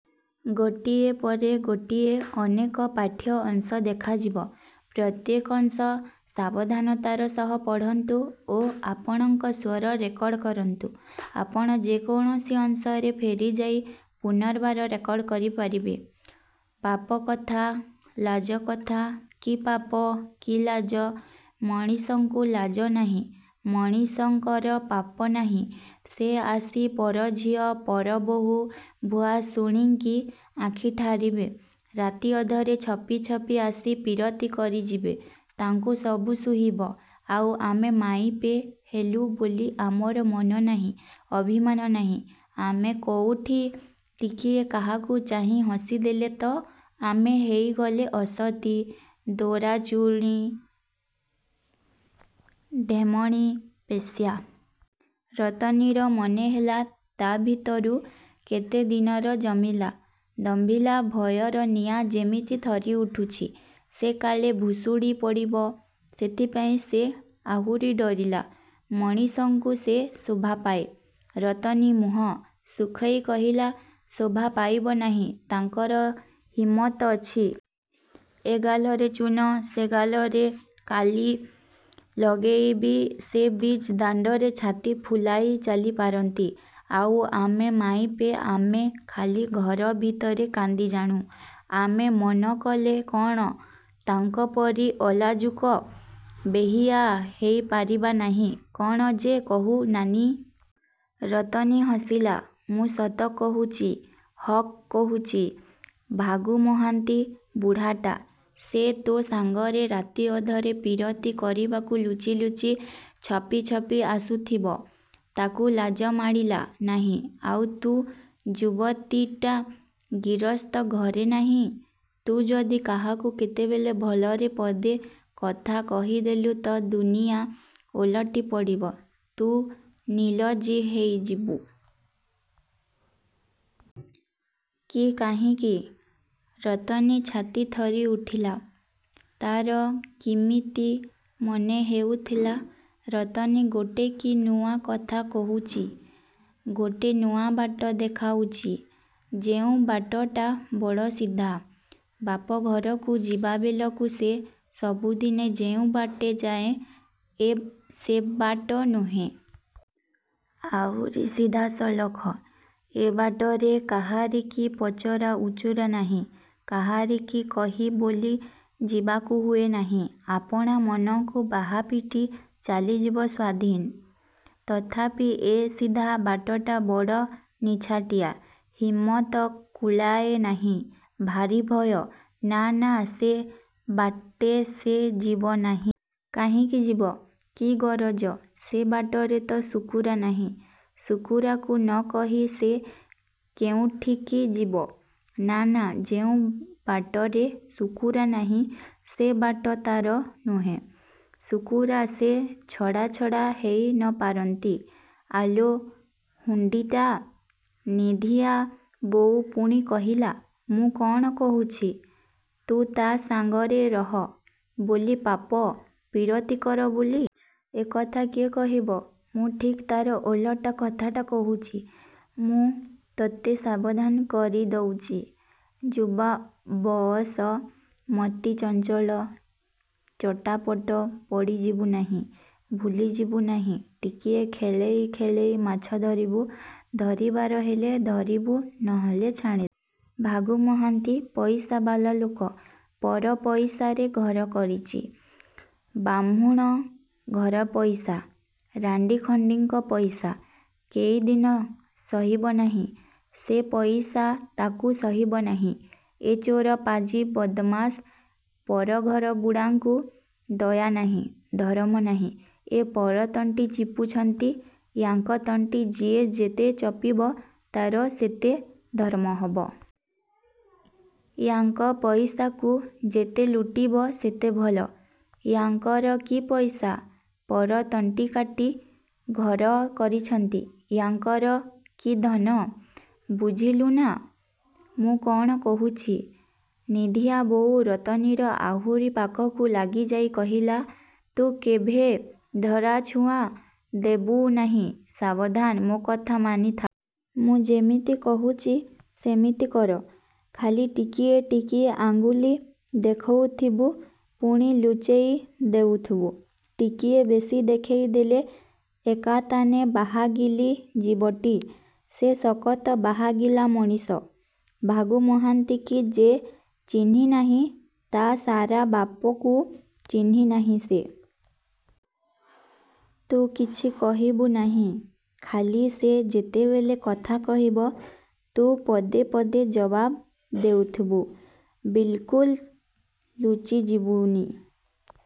'' ''ପାପ କଥା? ଲାଜ କଥା? କି ପାପ? କି ଲାଜ? ମଣିଷଙ୍କୁ ଲାଜ ନାହିଁ? ମଣିଷଙ୍କର ପାପ ନାହିଁ–ସେ ଆସି ପରଝିଅ ପର ବହୂ ଭୁଆସୁଣୀଙ୍କି ଆଖିଠାରିବେ, ରାତି ଅଧରେ ଛପି ଛପି ଆସି ପୀରତି କରି ଯିବେ, ତାଙ୍କୁ ସବୁ ସୁହିବ, ଆଉ ଆମେ ମାଇପେ ହେଲୁ ବୋଲି ଆମର ମନ ନାହିଁ, ଅଭିମାନ ନାହିଁ–ଆମେ କୋଉଁଠି ଟିକିଏ କାହାକୁ ଚାହିଁ ହସିଦେଲେ ତ ଆମେ ହେଇଗଲେ ଅସତୀ, ଦୋଚାରୁଣୀ, ଢେମଣୀ ବେଶ୍ୟା। '' ରତନୀର ମନେ ହେଲା, ତା' ଭିତରୁ କେତେଦିନର ଜମିଲା, ଦମ୍ଭିଲା ଭୟର ନିଆଁ ଯେମିତି ଥରି ଉଠୁଛି। ସେ କାଳେ ଭୁଶୁଡ଼ି ପଡ଼ିବ, ସେଥିପାଇଁ ସେ ଆହୁରି ଡରିଲା। ''ମଣିଷଙ୍କୁ ସେ ଶୋଭାପାଏ! '' ରତନୀ ମୁହଁ। ଶୁଖେଇ କହିଲା। ''ଶୋଭାପାଇବ ନାହିଁ? ତାଙ୍କର ହିମତ ଅଛି। ଏ ଗାଲରେ ଚୂନ ସେ ଗାଲରେ କାଳି ଲଗେଇବି ସେ ବିଚ୍ ଦାଣ୍ଡରେ ଛାତି ଫୁଲାଇ ଚାଲିପାରନ୍ତି। ଆଉ ଆମେ ମାଇପେ–ଆମେ ଖାଲି ଘର ଭିତରେ କାନ୍ଦିଜାଣୁ। ଆମେ ମନକଲେ କ'ଣ ତାଙ୍କପରି ଅଲାଜୁକ ବେହିଆ ହେଇ ପାରିବା ନାହିଁ? '' ''କ'ଣ ଯେ କହୁ ନାନୀ! '' ରତନୀ ହସିଲା। ''ମୁଁ ସତ କହୁଚି–ହକ୍ କହୁଚି। ଭାଗୁ ମହାନ୍ତି, ବୁଢ଼ାଟା, ସେ ତୋ ସାଙ୍ଗରେ ରାତିଅଧରେ ପୀରତି କରିବାକୁ ଲୁଚି ଲୁଚି ଛପି ଛପି ଆସୁଥିବ, ତାକୁ ଲାଜ ମାଡ଼ିଲା ନାହିଁ–ଆଉ ତୁ ଯୁବତୀଟା–ଗିରସ୍ତ ଘରେନାହିଁ–ତୁ ଯଦି କାହାକୁ କେତେବେଳେ ଭଲରେ ପଦେ କଥା କହିଦେଲୁ ତ ଦୁନିଆ ଓଲଟି ପଡ଼ିବ–ତୁ ନିଲଜୀ ହୋଇଯିବୁ। କି କାହିଁକି? '' ରତନୀ ଛାତି ଥରି ଉଠିଲା। ତା'ର କିମିତି ମନେ ହେଉଥିଲା, ରତନୀ ଗୋଟେ କି ନୂଆ କଥା କହୁଚି–ଗୋଟେ ନୂଆବାଟ ଦେଖାଉଚି–ଯେଉଁ ବାଟଟା ବଡ଼ ସିଧା। ବାପ ଘରକୁ ଯିବାବେଳକୁ ସେ ସବୁଦିନେ ଯେଉଁ ବାଟେ ଯାଏଁ, ଏ ସେ ବାଟ ନୁହେଁ। ଆହୁରି ସିଧା ସଳଖ। ଏ ବାଟରେ କାହାରିକି ପଚରା ଉଚୁରା ନାହିଁ। କାହାରିକି କହି ବୋଲି ଯିବାକୁ ହୁଏ ନାହିଁ। ଆପଣା ମନକୁ ବାହାପିଟି ଚାଲିଯିବ–ସ୍ୱାଧୀନ। ତଥାପି ଏ ସିଧା ବାଟଟା ବଡ଼ ନିଛାଟିଆ। ହିମତ କୁଳାଏ ନାହିଁ। ଭାରି ଭୟ। ନା-ନା-ସେ ବାଟେ ସେ ଯିବ ନାହିଁ। କାହିଁକି ଯିବ? କି ଗରଜ? ସେ ବାଟରେ ତ ଶୁକୁରା ନାହିଁ। ଶୁକୁରାକୁ ନକହି ସେ କେଉଁଠିକି ଯିବ? ନା-ନା-ଯେଉଁ ବାଟରେ ଶୁକୁରା ନାହିଁ, ସେ ବାଟ ତା'ର ନୁହେଁ। ଶୁକୁରା ସେ ଛଡ଼ା ଛଡ଼ା ହେଇ ନ ପାରନ୍ତି। ''ଆଲୋ ହୁଣ୍ଡିଟା,'' ନିଧିଆ ବୋଉ ପୁଣି କହିଲା–''ମୁଁ କ'ଣ କହୁଛି, ତୁ ତା' ସାଙ୍ଗରେ ରହ, ବୋଲି–ପାପ ପୀରତି କର ବୋଲି। ଏ କଥା କିଏ କହିବ! ମୁଁ ଠିକ୍ ତା'ର ଓଲଟା କଥାଟା କହୁଚି। ମୁଁ ତୋତେ ସାବଧାନ କରି ଦଉଚି। ଯୁବା ବଅସ। ମତି ଚଞ୍ଚଳ। ଚଟାପଟ ପଡ଼ିଯିବୁ ନାହିଁ, ଭୁଲିଯିବୁ ନାହିଁ, ଟିକିଏ ଖେଳେଇ ଖେଳେଇ ମାଛ ଧରିବୁ। ଧରିବାର ହେଲେ ଧରିବୁ, ନହେଲେ ଛାଡ଼ିଦବୁ। ଭାଗୁ ମହାନ୍ତି ପଇସାବାଲା ଲୋକ। ପର ପଇସାରେ ଘର କରିଚି। ବାହ୍ମୁଣ ଘର ପଇସା, ରାଣ୍ଡିଖଣ୍ଡିଙ୍କ ପଇସା–କେଇ ଦିନ! ସହିବ ନାହିଁ–ସେ ପଇସା ତାକୁ ସହିବ ନାହିଁ। ଏ ଚୋର ପାଜି ବଦମାସ ପରଘରବୁଡ଼ାଙ୍କୁ ଦୟାନାହିଁ–ଧରମ ନାହିଁ! ଏ ପରତଣ୍ଟି ଚିପୁଛନ୍ତି–ୟାଙ୍କ ତଣ୍ଟି ଯିଏ ଯେତେ ଚପିବ; ତା'ର ସେତେ ଧର୍ମହବ। ୟାଙ୍କ ପଇସାକୁ ଯେତେ ଲୁଟିବ ସେତେ ଭଲ-। ୟାଙ୍କର କି ପଇସା? ପର ତଣ୍ଟିକାଟି ଘର କରିଛନ୍ତି–ୟାଙ୍କର କି ଧନ? ବୁଝିଲୁନା, ମୁଁ କ'ଣ କହୁଛି? '' ନିଧିଆ ବୋଉ ରତନୀର ଆହୁରି ପାଖକୁ ଲାଗିଯାଇ କହିଲା,–''ତୁ କେଭେ ଧରାଛୁଆଁ ଦେବୁ ନାହିଁ। ସାବଧାନ! ମୋ କଥା ମାନିଥା'। ମୁଁ ଯେମିତି କହୁଚି ସେମିତି କର। ଖାଲି ଟିକିଏ ଟିକିଏ ଆଙ୍ଗୁଳି ଦେଖଉଥିବୁ ପୁଣି ଲୁଚେଇ ଦେଉଥିବୁ। ଟିକିଏ ବେଶି ଦେଖେଇ ଦେଲେ, ଏକାତାନେ ବାହାଗିଳି ଯିବଟି। ସେ ସକତ ବାହାଗିଳା ମଣିଷ। ଭାଗୁ ମହାନ୍ତିକି ଯେ ଚିହ୍ନି ନାହିଁ, ତା' ସାରା ବାପକୁ ଚିହ୍ନି ନାହିଁ ସେ। ତୁ କିଛି କହିବୁ ନାହିଁ। ଖାଲି ସେ ଯେତେବେଳେ କଥା କହିବ, ତୁ ପଦେ ପଦେ ଜବାବ ଦେଉଥିବୁ। ବିଲ୍କୁଲ୍ ଲୁଚି ଯିବୁନି।